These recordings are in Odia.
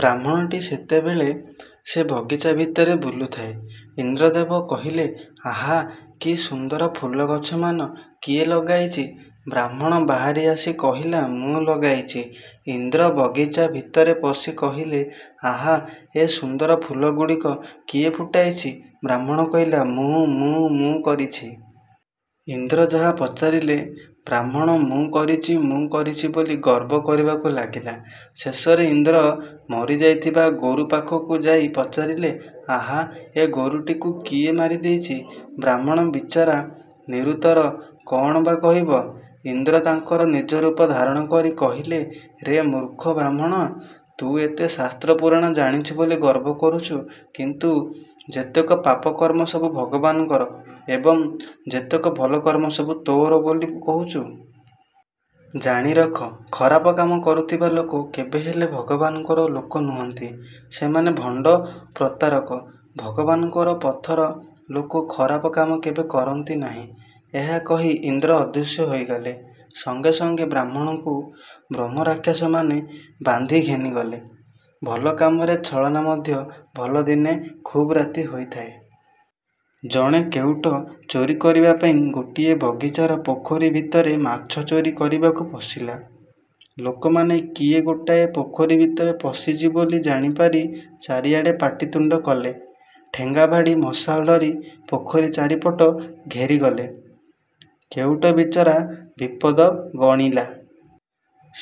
ବ୍ରାହ୍ମଣଟି ସେତେବେଳେ ସେ ବଗିଚା ଭିତରେ ବୁଲୁଥାଏ। ଇନ୍ଦ୍ରଦେବ କହିଲେ-'ଆହା, କି ସୁନ୍ଦର ଫୁଲଗଛମାନ କିଏ ଲଗାଇଛି? ' ବ୍ରାହ୍ମଣ ବାହାରି ଆସି କହିଲା, 'ମୁଁ ଲଗାଇଛି। ' ଇନ୍ଦ୍ର ବଗିଚା ଭିତରେ ପଶି କହିଲେ-'ଆହା ଏ ସୁନ୍ଦର ଫୁଲଗୁଡ଼ିକ କିଏ ଫୁଟାଇଛି? ' ବ୍ରାହ୍ମଣ କହିଲା-'ମୁଁ, ମୁଁ, ମୁଁ କରିଛି। ' ଇନ୍ଦ୍ର ଯାହା ପଚାରିଲେ, ବ୍ରାହ୍ମଣ 'ମୁଁ କରିଛି, ମୁଁ କରିଛି' ବୋଲି ଗର୍ବ କରିବାକୁ ଲାଗିଲା-। ଶେଷରେ ଇନ୍ଦ୍ର ମରିଯାଇଥିବା ଗୋରୁ ପାଖକୁ ଯାଇ ପଚାରିଲେ-'ଆହା, ଏ ଗୋରୁଟିକୁ କିଏ ମାରିଦେଇଛି? ' ବ୍ରାହ୍ମଣ ବିଚରା ନିରୁତ୍ତର। କ'ଣ ବା କହିବ? ଇନ୍ଦ୍ର ତାଙ୍କର ନିଜରୂପ ଧାରଣ କରି କହିଲେ-'ରେ ମୂର୍ଖ ବ୍ରାହ୍ମଣ, ତୁ ଏତେ ଶାସ୍ତ୍ର-ପୁରାଣ ଜାଣିଛୁ ବୋଲି ଗର୍ବ କରୁଛୁ କିନ୍ତୁ ଯେତେକ ପାପକର୍ମ ସବୁ ଭଗବାନଙ୍କର ଏବଂ ଯେତେକ ଭଲ କର୍ମ ସବୁ ତୋର ବୋଲି କହୁଛୁ। ଜାଣିରଖ, ଖରାପ କାମ କରୁଥିବା ଲୋକ କେବେହେଲେ ଭଗବାନଙ୍କର ଲୋକ ନୁହନ୍ତି। ସେମାନେ ଭଣ୍ତ ପ୍ରତାରକ। ଭଗବାନଙ୍କ ପଥର ଲୋକ ଖରାପ କାମ କେବେ କରନ୍ତି ନାହିଁ। ' ଏହା କହି ଇନ୍ଦ୍ର ଅଦୃଶ୍ୟ ହୋଇଗଲେ। ସଙ୍ଗେ ସଙ୍ଗେ ବ୍ରାହ୍ମଣକୁ ବ୍ରହ୍ମରାକ୍ଷସମାନେ ବାନ୍ଧି ଘେନିଗଲେ। ଭଲ କାମରେ ଛଳନା ମଧ୍ୟ ଭଲ ଦିନେ ଖୁବ୍ ରାତି ହୋଇଥାଏ। ଜଣେ କେଉଟ ଚୋରି କରିବା ପାଇଁ ଗୋଟିଏ ବଗିଚାର ପୋଖରୀ ଭିତରେ ମାଛ ଚୋରି କରିବାକୁ ପଶିଲା। ଲୋକମାନେ କିଏ ଗୋଟାଏ ପୋଖରୀ ଭିତରେ ପଶିଛି ବୋଲି ଜାଣିପାରି ଚାରିଆଡ଼େ ପାଟିତୁଣ୍ତ କଲେ। ଠେଙ୍ଗାବାଡ଼ି, ମଶାଲ ଧରି ପୋଖରୀ ଚାରିପଟ ଘେରିଗଲେ। କେଉଟ ବିଚରା ବିପଦ ଗଣିଲା।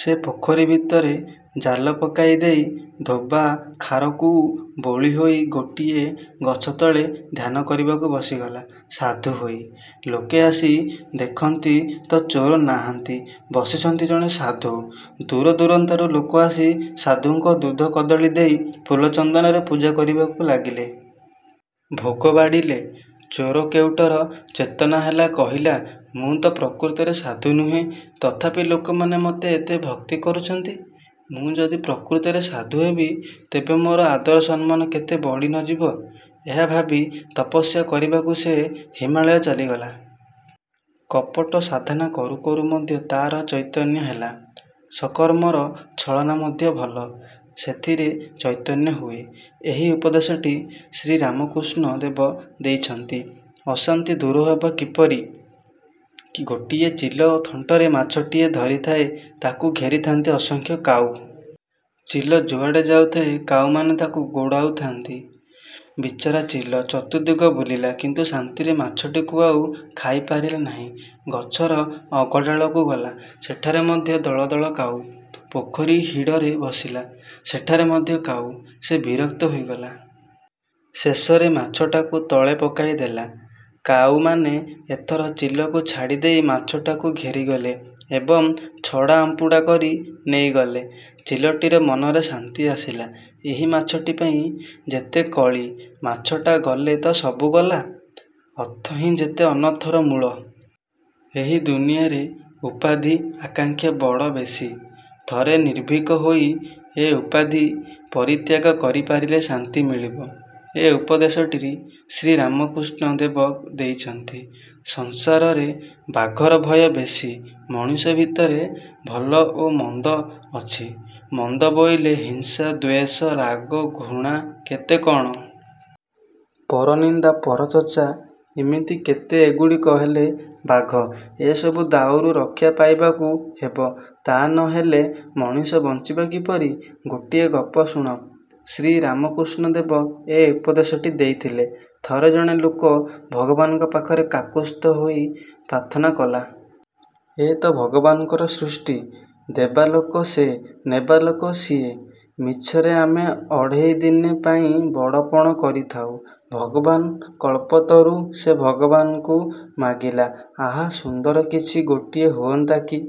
ସେ ପୋଖରୀ ଭିତରେ ଜାଲ ପକାଇ ଦେଇ, ଧୋବା ଖାରକୁ ବୋଳି ହୋଇ ଗୋଟିଏ ଗଛତଳେ ଧ୍ୟାନ କରିବାକୁ ବସିଗଲା ସାଧୁ ହୋଇ। ଲୋକେ ଆସି ଦେଖନ୍ତି ତ ଚୋର ନାହାନ୍ତି, ବସିଛନ୍ତି ଜଣେ ସାଧୁ। ଦୂର ଦୂରାନ୍ତରୁ ଲୋକ ଆସି ସାଧୁଙ୍କୁ ଦୁଧ କଦଳୀ-ଦେଇ ଫୁଲଚନ୍ଦନରେ ପୂଜା କରିବାକୁ ଲାଗିଲେ। ଭୋଗ ବାଢ଼ିଲେ। ଚୋର କେଉଟର ଚେତନା ହେଲା, କହିଲା-'ମୁଁ ତ ପ୍ରକୃତରେ ସାଧୁ ନୁହେଁ; ତଥାପି ଲୋକମାନେ ମୋତେ ଏତେ ଭକ୍ତି କରୁଛନ୍ତି। ମୁଁ ଯଦି ପ୍ରକୃତରେ ସାଧୁ ହେବି, ତେବେ ମୋର ଆଦର ସମ୍ମାନ କେତେ ବଢ଼ି ନ ଯିବ! ଏହା ଭାବି ତପସ୍ୟା କରିବାକୁ ସେ ହିମାଳୟ ଚାଲିଗଲା। କପଟ ସାଧନା କରୁ କରୁ ମଧ୍ୟ ତାର ଚୈତନ୍ୟ ହେଲା। ସତ୍କର୍ମର ଛଳନା ମଧ୍ୟ ଭଲ। ସେଥିରେ ଚୈତନ୍ୟ ହୁଏ। ଏହି ଉପଦେଶଟି ଶ୍ରୀରାମକୃଷ୍ଣ ଦେବ ଦେଇଛନ୍ତି। ଅଶାନ୍ତି ଦୂର ହେବ କିପରି? ଗୋଟିଏ ଚିଲ ଥଣ୍ଟରେ ମାଛଟିଏ ଧରିଥାଏ। ତାକୁ ଘେରିଥାନ୍ତି ଅସଂଖ୍ୟ କାଉ। ଚିଲ ଯୁଆଡ଼େ ଯାଉଥାଏ, କାଉମାନେ ତାକୁ ଗୋଡ଼ାଉଥାନ୍ତି। ବିଚରା ଚିଲ ଚତୁର୍ଦ୍ଦିଗ ବୁଲିଲା, କିନ୍ତୁ ଶାନ୍ତିରେ ମାଛଟିକୁ ଆଉ ଖାଇପାରିଲା ନାହିଁ। ଗଛର ଅଗଡାଳକୁ ଗଲା, ସେଠାରେ ମଧ୍ୟ ଦଳ ଦଳ କାଉ। ପୋଖରୀ ହିଡ଼ରେ ବସିଲା, ସେଠାରେ ମଧ୍ୟ କାଉ। ସେ ବିରକ୍ତ ହୋଇଗଲା। ଶେଷରେ ମାଛଟାକୁ ତଳେ ପକାଇଦେଲା। କାଉମାନେ ଏଥର ଚିଲକୁ ଛାଡ଼ିଦେଇ ମାଛଟାକୁ ଘେରିଗଲେ ଏବଂ ଛଡ଼ା ଆମ୍ପୁଡ଼ା କରି ନେଇଗଲେ। ଚିଲଟିର ମନରେ ଶାନ୍ତି ଆସିଲା। ଏହି ମାଛଟି ପାଇଁ ଯେତେ କଳି! ମାଛଟା ଗଲେ ତ ସବୁ ଗଲା। ଅର୍ଥହିଁ ଯେତେ ଅନର୍ଥର ମୂଳ। ଏ ଦୁନିଆରେ ଉପାଧି ଆକାଂକ୍ଷା ବଡ଼ ବେଶୀ। ଥରେ ନିର୍ଭୀକ ହୋଇ ଏ ଉପାଧି ପରିତ୍ୟାଗ କରିପାରିଲେ ଶାନ୍ତି ମିଳିବ। ଏ ଉପଦେଶଟି ଶ୍ରୀରାମକୃଷ୍ଣ ଦେବ ଦେଇଛନ୍ତି। ସଂସାରରେ ବାଘର ଭୟ ବେଶୀ ମଣିଷ ଭିତରେ ଭଲ ଓ ମନ୍ଦ ଅଛି। ମନ୍ଦ ବୋଇଲେ ହିଂସା, ଦ୍ୱେଷ, ରାଗ, ଘୃଣା କେତେ କ'ଣ? ପରନିନ୍ଦା, ପରଚର୍ଚ୍ଚା ଇମିତି କେତେ। ଏଗୁଡ଼ିକ ହେଲେ ବାଘ। ଏ ସବୁର ଦାଉରୁ ରକ୍ଷା ପାଇବାକୁ ହେବ। ତା' ନ ହେଲେ ମଣିଷ ବଞ୍ଚିବ କିପରି? ଗୋଟିଏ ଗପ ଶୁଣ। ଶ୍ରୀରାମକୃଷ୍ଣ ଦେବ ଏ ଉପଦେଶଟି ଦେଇଥିଲେ। ଥରେ ଜଣେ ଲୋକ ଭଗବାନଙ୍କ ପାଖରେ କାକୁସ୍ଥ ହୋଇ ପ୍ରାର୍ଥନା କଲା। 'ଏ ତ ଭଗବାନଙ୍କର ସୃଷ୍ଟି। ଦେବା ଲୋକ ସେ, ନେବାଲୋକ ସିଏ। ମିଛରେ ଆମେ ଅଢ଼େଇ ଦିନ ପାଇଁ ବଡ଼ପଣ କରିଥାଉଁ। ଭଗବାନ କଳ୍ପତରୁ। ' ସେ ଭଗବାନଙ୍କୁ ମାଗିଲା, 'ଆହା ସୁନ୍ଦର କିଛି ଗୋଟିଏ ହୁଅନ୍ତା କି?